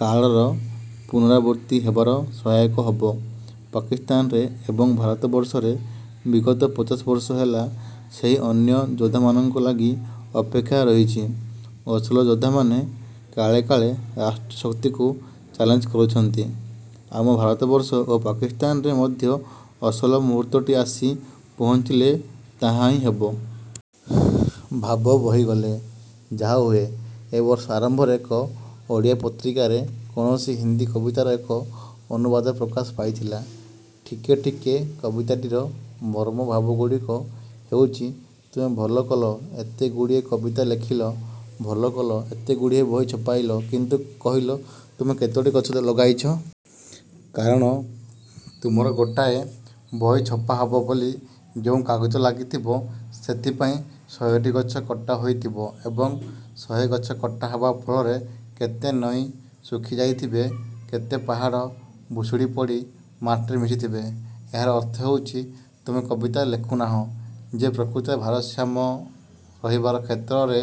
କାଳର ପୁନରାବୃତ୍ତି ହେବାରେ ସହାୟକ ହେବ। ପାକିସ୍ତାନରେ ଏବଂ ଭାରତବର୍ଷରେ ବିଗତ ପଚାଶବର୍ଷ ହେଲା ସେହି ଅନ୍ୟ ଯୋଦ୍ଧାମାନଙ୍କ ଲାଗି ଅପେକ୍ଷା ରହିଛି। ଅସଲ ଯୋଦ୍ଧାମାନେ କାଳେ କାଳେ ରାଷ୍ଟ୍ରଶକ୍ତିକୁ ଚ୍ୟାଲେଞ୍ଜ କରିଛନ୍ତି। ଆମ ଭାରତବର୍ଷ ଓ ପାକିସ୍ତାନରେ ମଧ୍ୟ ଅସଲ ମୁହୂର୍ତ୍ତଟି ଆସି ପହଞ୍ଚିଲେ ତାହାହିଁ ହେବ। ଭାବ ବୋହିଗଲେ ଯାହା ହୁଏ ଏବର୍ଷ ଆରମ୍ଭରେ ଏକ ଓଡ଼ିଆ ପତ୍ରିକାରେ କୌଣସି ହିନ୍ଦି କବିତାର ଏକ ଅନୁବାଦ ପ୍ରକାଶ ପାଇଥିଲା। ଠିକେ ଠିକେ କବିତାଟିର ମର୍ମଭାବଗୁଡ଼ିକ ହେଉଛି ତୁମେ ଭଲ କଲ ଏତେଗୁଡ଼ିଏ କବିତା ଲେଖିଲ, ଭଲ କଲ ଏତେଗୁଡ଼ିଏ ବହି ଛପାଇଲ। କିନ୍ତୁ କହିଲ ତୁମେ କେତୋଟି ଗଛ ଲଗାଇଛ। କାରଣ ତୁମର ଗୋଟାଏ ବହି ଛପାହେବ ବୋଲି ଯେଉଁ କାଗଜ ଲାଗିଥିବ, ସେଥିପାଇଁ ଶହେଟି ଗଛ କଟାହୋଇ ଥିବ। ଏବଂ ଶହେ ଗଛ କଟା ହେବା ଫଳରେ କେତେ ନଈ ଶୁଖି ଯାଇଥିବେ, କେତେ ପାହାଡ଼ ଭୁଷୁଡ଼ି ପଡ଼ି ମାଟିରେ ମିଶିଥିବେ। ଏହାର ଅର୍ଥ ହେଉଛି, ତୁମେ କବିତା ଲେଖୁନାହଁ ଯେ ପ୍ରକୃତିରେ ଭାରସାମ୍ୟ ରହିବାର କ୍ଷେତ୍ରରେ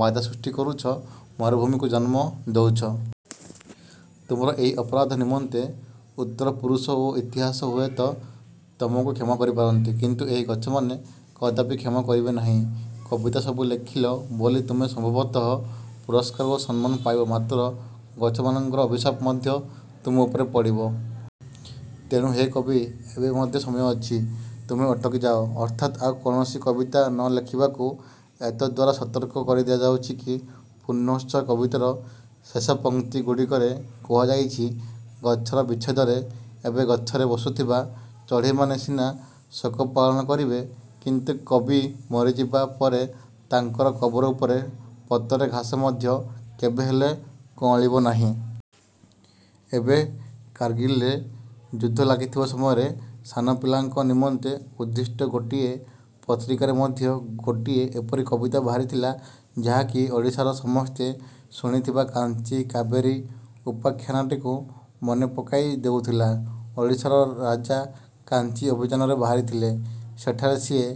ବାଧା ସୃଷ୍ଟି କରୁଛ, ମରୁଭୂମିକୁ ଜନ୍ମ ଦେଉଛ। ତୁମର ଏହି ଅପରାଧ ନିମନ୍ତେ ଉତ୍ତର ପୁରୁଷ ଓ ଇତିହାସ ହୁଏତ ତୁମକୁ କ୍ଷମା କରିପାରନ୍ତି। କିନ୍ତୁ ଏହି ଗଛମାନେ କଦାପି କ୍ଷମା କରିବେ ନାହିଁ। କବିତା ସବୁ ଲେଖିଲ ବୋଲି ତୁମେ ସମ୍ଭବତଃ ପୁରସ୍କାର ଓ ସମ୍ମାନ ପାଇବ ମାତ୍ର ଗଛମାନଙ୍କର ଅଭିଶାପ ମଧ୍ୟ ତୁମ ଉପରେ ପଡ଼ିବ। ତେଣୁ ହେ କବି, ଏବେ ମଧ୍ୟ ସମୟ ଅଛି ତୁମେ ଅଟକିଯାଅ ଅର୍ଥାତ୍ ଆଉ କୌଣସି କବିତା ନ ଲେଖିବାକୁ ଏତଦ୍ଦ୍ୱାରା ସତର୍କ କରି ଦିଆଯାଇଛି କି? ପୁନଶ୍ଚ କବିତାର ଶେଷ ପଂକ୍ତି ଗୁଡ଼ିକରେ କୁହାଯାଇଛି, ଗଛର ବିଚ୍ଛେଦରେ ଏବେ ଗଛରେ ବସୁଥିବା ଚଢ଼େଇମାନେ ସିନା ଶୋକ ପାଳନ କରିବେ କିନ୍ତୁ କବି ମରିଯିବା ପରେ ତାଙ୍କର କବର ଉପରେ ପତରେ ଘାସ ମଧ୍ୟ କେବେହେଲେ କଅଁଳିବ ନାହିଁ। ଏବେ କାରଗିଲରେ ଯୁଦ୍ଧ ଲାଗିଥିବା ସମୟରେ ସାନ ପିଲାଙ୍କ ନିମନ୍ତେ ଉଦ୍ଦିଷ୍ଟ ଗୋଟିଏ ପତ୍ରିକାରେ ମଧ୍ୟ ଗୋଟିଏ ଏପରି କବିତା ବାହାରିଥିଲା ଯାହାକି ଓଡ଼ିଶାରେ ସମସ୍ତେ ଶୁଣିଥିବା କାଞ୍ଚି କାବେରୀ ଉପାଖ୍ୟାନଟିକୁ ମନେପକାଇ ଦେଉଥିଲା। ଓଡ଼ିଶାର ରାଜା କାଞ୍ଚି ଅଭିଯାନରେ ବାହାରିଥିଲେ। ସେଠାରେ ସିଏ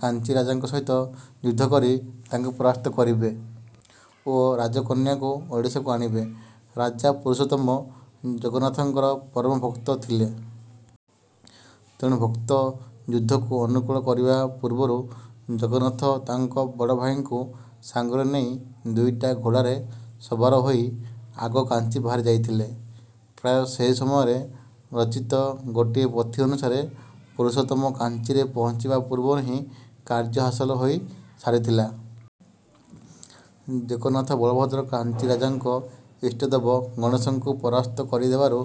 କାଞ୍ଚି ରାଜାଙ୍କ ସହିତ ଯୁଦ୍ଧ କରି ତାଙ୍କୁ ପରାସ୍ତ କରିବେ ଓ ରାଜକନ୍ୟାକୁ ଓଡ଼ିଶାକୁ ଆଣିବେ, ରାଜା ପୁରୁଷୋତ୍ତମ ଜଗନ୍ନାଥଙ୍କର ପରମ ଭକ୍ତ ଥିଲେ। ତେଣୁ ଭକ୍ତ ଯୁଦ୍ଧକୁ ଅନୁକୂଳ କରିବା ପୂର୍ବରୁ ଜଗନ୍ନାଥ ତାଙ୍କ ବଡ଼ଭାଇଙ୍କୁ ସାଙ୍ଗରେ ନେଇ ଦୁଇଟା ଘୋଡ଼ାରେ ସବାର ହୋଇ ଆଗ କାଞ୍ଚି ବାହାରି ଯାଇଥିଲେ। ପ୍ରାୟ ସେହି ସମୟରେ ରଚିତ ଗୋଟିଏ ପୋଥି ଅନୁସାରେ ପୁରୁଷୋତ୍ତମ କାଞ୍ଚିରେ ପହଞ୍ଚିବା ପୂର୍ବରୁ ହିଁ କାର୍ଯ୍ୟ ହାସଲ ହୋଇ ସାରିଥିଲା। ଜଗନ୍ନାଥ ବଳଭଦ୍ର କାଞ୍ଚିରାଜାଙ୍କ ଇଷ୍ଟଦେବ ଗଣେଶଙ୍କୁ ପରାସ୍ତ କରିଦେବାରୁ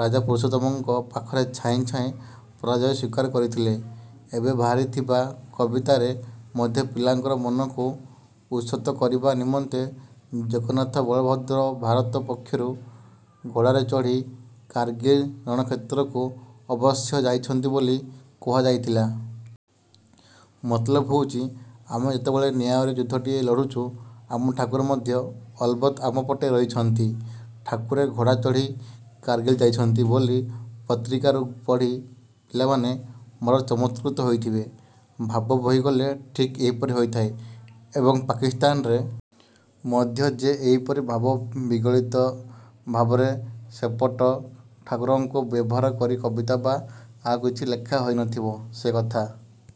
ରାଜା ପୁରୁଷୋତ୍ତମଙ୍କ ପାଖରେ ଛାଏଁ ଛାଏଁ ପରାଜୟ ସ୍ୱୀକାର କରିଥିଲେ। ଏବେ ବାହାରିଥିବା କବିତାରେ ମଧ୍ୟ ପିଲାଙ୍କର ମନକୁ ଉଷତ କରିବା ନିମନ୍ତେ ଜଗନ୍ନାଥ ବଳଭଦ୍ର ଭାରତ ପକ୍ଷରୁ ଘୋଡ଼ାରେ ଚଢ଼ି କାରଗିଲ୍ ରଣକ୍ଷେତ୍ରକୁ ଅବଶ୍ୟ ଯାଇଛନ୍ତି ବୋଲି କୁହାଯାଇଥିଲା। ମତଲବ ହେଉଛି ଆମେ ଯେତେବେଳେ ନ୍ୟାୟରେ ଯୁଦ୍ଧଟିଏ ଲଢୁଛୁ, ଆମ ଠାକୁରେ ମଧ୍ୟ ଅଲବତ ଆମ ପଟେ ରହିଛନ୍ତି। ଠାକୁରେ ଘୋଡ଼ା ଚଢ଼ି କାରଗିଲ୍ ଯାଇଛନ୍ତି ବୋଲି ପତ୍ରିକାରୁ ପଢ଼ି ପିଲାମାନେ ବଡ଼ ଚମତ୍କୃତ ହୋଇଥିବେ। ଭାବ ବୋହିଗଲେ ଠିକ୍ ଏହିପରି ହୋଇଥାଏ। ଏବଂ ପାକିସ୍ତାନରେ ମଧ୍ୟ ଯେ ଏହିପରି ଭାବବିଗଳିତ ଭାବରେ ସେପଟ ଠାକୁରଙ୍କୁ ବ୍ୟବହାର କରି କବିତା ବା ଆଉ କିଛି ଲେଖା ହୋଇନଥିବ, ସେକଥା